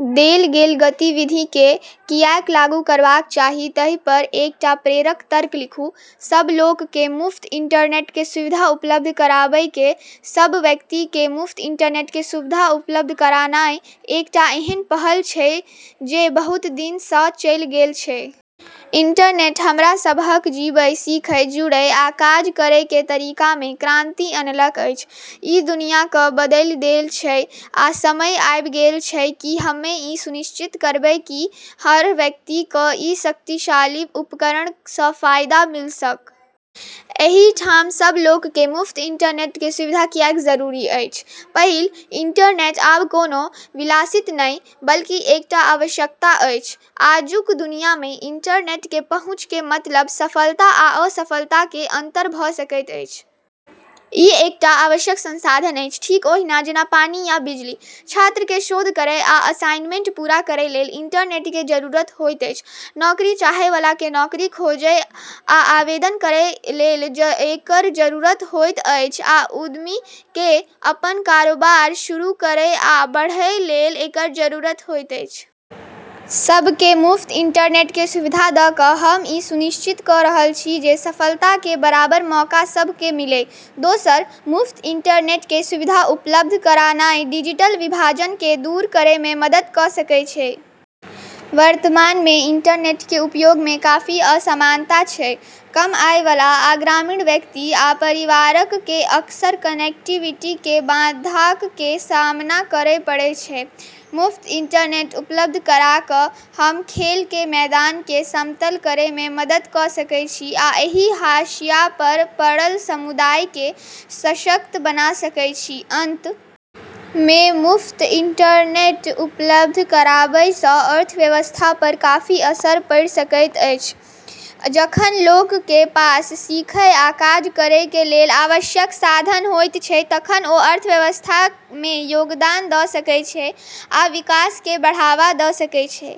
देल गेल गतिविधि कें किएक लागू करबाक चाही ताहि पर एकटा प्रेरक तर्क लिखू। सब लोक के मुफ्त इंटरनेट के सुविधा उपलब्ध कराबय के। सब व्यक्ति कें मुफ्त इंटरनेट कें सुविधा उपलब्ध करानाय एकटा एहन पहल छै जे बहुत दिन सँ चलि गेल छै। इंटरनेट हमरा सबहक जीबय, सीखय, जुड़य, आ काज करय के तरीका मे क्रांति अनलक अछि। ई दुनिया क बदली देल छै, आ समय आबि गेल छै कि हम्में ई सुनिश्चित करबै कि हर व्यक्ति क ई शक्तिशाली उपकरण सँ फायदा मिल सक। एहि ठाम सब लोक के मुफ्त इंटरनेट के सुविधा किएक जरूरी अछि: पहिल, इंटरनेट आब कोनो विलासिता नहि, बल्कि एकटा आवश्यकता अछि। आजुक दुनिया मे इंटरनेट के पहुंच के मतलब सफलता आ असफलता के अंतर भ सकैत अछि। ई एकटा आवश्यक संसाधन अछि, ठीक ओहिना जेना पानि या बिजली। छात्र के शोध करय आ असाइनमेंट पूरा करय लेल इंटरनेट के जरूरत होएत अछि। नौकरी चाहय वाला के नौकरी खोजय आ आवेदन करय लेल एकर जरूरत होएत अछि आ उद्यमी के अपन कारोबार शुरू करय आ बढ़य लेल एकर जरूरत होएत अछि। सबके मुफ्त इंटरनेट के सुविधा द क हम ई सुनिश्चित क रहल छी जे सफलता के बराबर मौका सभ के मिलय। दोसर, मुफ्त इंटरनेट कें सुविधा उपलब्ध करानाय डिजिटल विभाजन कें दूर करय मे मदद क सकय छै। वर्तमान मे इंटरनेट कें उपयोग मे काफी असमानता छै। कम आय वाला आ ग्रामीण व्यक्ति आ परिवारक कें अक्सर कनेक्टिविटी कें बाधाक कें सामना करय पड़य छै। मुफ्त इंटरनेट उपलब्ध करा क हम खेल के मैदान के समतल करय मे मदद क सकय छी आ एहि हाशिया पर पड़ल समुदाय के सशक्त बना सकय छी। अंत मे, मुफ्त इंटरनेट उपलब्ध कराबय सं अर्थव्यवस्था पर काफी असर पड़ि सकैत अछि। जखन लोक कें पास सीखय आ काज करय कें लेल आवश्यक संसाधन होयत छै तखन ओ अर्थव्यवस्था मे योगदान द सकय छै आ विकास कें बढ़ावा द सकय छै।